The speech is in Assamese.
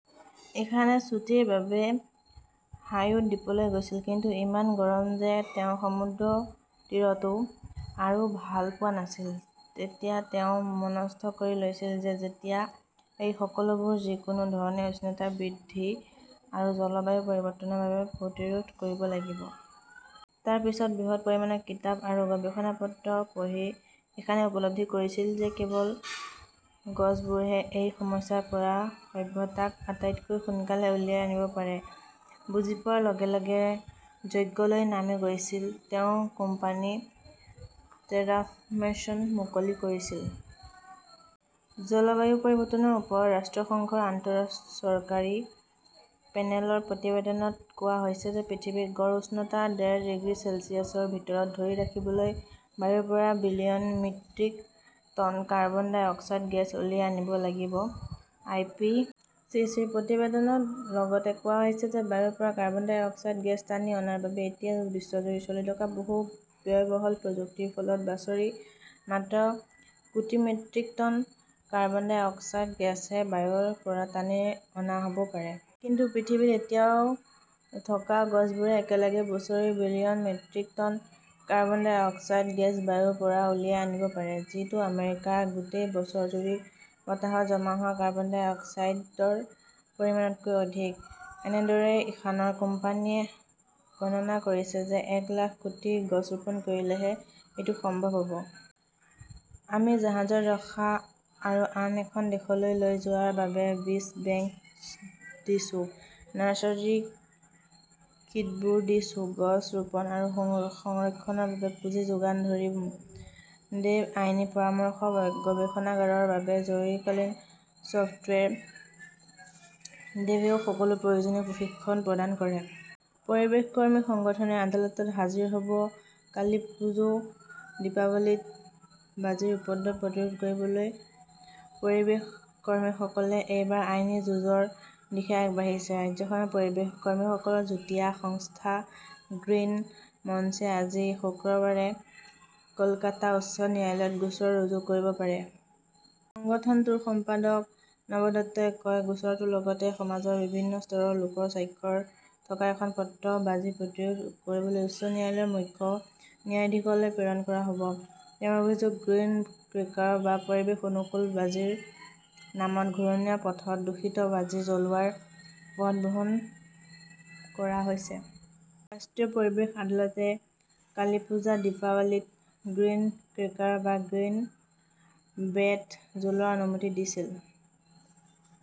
ইশানে ছুটীৰ বাবে হাউই দ্বীপলৈ গৈছিল। কিন্তু ইমান গৰম যে তেওঁ সমুদ্ৰতীৰতো আৰু ভাল পোৱা নাছিল। তেতিয়া তেওঁ মনস্থ কৰি লৈছিল যে যেতিয়া এই সকলোবোৰ, যিকোনো ধৰণে, উষ্ণতা বৃদ্ধি আৰু জলবায়ু পৰিৱৰ্তনৰ বাবে প্ৰতিৰোধ কৰিব লাগিব। তাৰ পিছত বৃহৎ পৰিমাণৰ কিতাপ আৰু গৱেষণা পত্ৰ পঢ়ি ইশানে উপলব্ধি কৰিছিল যে কেৱল গছবোৰেহে এই সমস্যাৰ পৰা সভ্যতাক আটাইতকৈ সোনকালে উলিয়াই আনিব পাৰে। বুজি পোৱাৰ লগে - লগে যজ্ঞলৈ নামি গৈছিল। তেওঁৰ কোম্পানী টেৰাফৰ্মেচন মুকলি কৰিছিল। জলবায়ু পৰিৱৰ্তনৰ ওপৰত ৰাষ্ট্ৰসংঘৰ আন্তঃচৰকাৰী পেনেলৰ প্ৰতিবেদনত কোৱা হৈছে যে পৃথিৱীৰ গড় উষ্ণতা ডেৰ ডিগ্ৰী চেলছিয়াছৰ ভিতৰত ধৰি ৰাখিবলৈ বায়ুৰ পৰা billion metric ton carbon dioxide gas উলিয়াই আনিব লাগিব। আই. পি. চি. চি.ৰ প্ৰতিবেদনত লগতে কোৱা হৈছে যে বায়ুৰ পৰা কাৰ্বন ডাই অক্সাইড গেছ টানি অনাৰ বাবে এতিয়া বিশ্বজুৰি চলি থকা বহু ব্যয়বহুল প্ৰযুক্তিৰ ফলত বাছৰি মাত্ৰ কোটি metric ton carbon dioxide গেছহে বায়ুৰ পৰা টানি অনা হ 'ব পাৰে। কিন্তু পৃথিৱীত এতিয়াও থকা গছবোৰে একেলগে বছৰি billion metric ton carbon dioxide gas বায়ুৰ পৰা উলিয়াই আনিব পাৰে। যিটো আমেৰিকাৰ গোটেই বছৰজুৰি বতাহত জমা হোৱা কাৰ্বন ডাই অক্সাইডৰ পৰিমাণতকৈ অধিক। এনেদৰেই ইশানৰ কোম্পানীয়ে গণনা কৰিছে যে এক লাখ কোটি গছ ৰোপণ কৰিলেহে এইটো সম্ভৱ হ'ব। আমি জাহাজত ৰখা আৰু আন এখন দেশলৈ লৈ যোৱাৰ বাবে বীজ বেংক দিছো। নাৰ্চাৰী কিটবোৰ দিছো। গছ ৰোপণ আৰু সংৰক্ষণৰ বাবে পুঁজি যোগান ধৰিম। দেৱ আইনী পৰামৰ্শ, গৱেষণাগাৰৰ বাবে জৰুৰীকালীন চফ্টৱেৰ। দেৱেও সকলো প্ৰয়োজনীয় প্ৰশিক্ষণ প্ৰদান কৰে। পৰিৱেশ কৰ্মী সংগঠনে আদালতত হাজিৰ হ'ব কালীপুজো, দীপাৱলীত বাজিৰ উপদ্ৰৱ প্ৰতিৰোধ কৰিবলৈ পৰিৱেশ কৰ্মীসকলে এইবাৰ আইনী যুঁজৰ দিশে আগবাঢ়িছে। ৰাজ্যখনৰ পৰিৱেশ কৰ্মীসকলৰ যুটীয়া সংস্থা গ্ৰীণ মঞ্চে আজি, শুক্ৰবাৰে কলকাতা উচ্চ ন্যায়ালয়ত গোচৰ ৰুজু কৰিব পাৰে। সংগঠনটোৰ সম্পাদক নব দত্তই কয়, গোচৰটোৰ লগতে সমাজৰ বিভিন্ন স্তৰৰ লোকৰ স্বাক্ষৰ থকা এখন পত্ৰ বাজি প্ৰতিৰোধ কৰিবলৈ উচ্চ ন্যায়ালয়ৰ মুখ্য ন্যায়াধীশলৈ প্ৰেৰণ কৰা হ'ব। তেওঁৰ অভিযোগ, গ্ৰীণ ক্ৰেকাৰ বা পৰিৱেশ অনুকূল বাজিৰ নামত ঘূৰণীয়া পথত দূষিত বাজি জ্বলোৱাৰ পথ বহন কৰা হৈছে। ৰাষ্ট্ৰীয় পৰিৱেশ আদালতে কালীপুজা, দীপাৱলীত গ্ৰীণ ক্ৰেকাৰ বা গ্ৰীণ বেট জ্বলোৱাৰ অনুমতি দিছিল।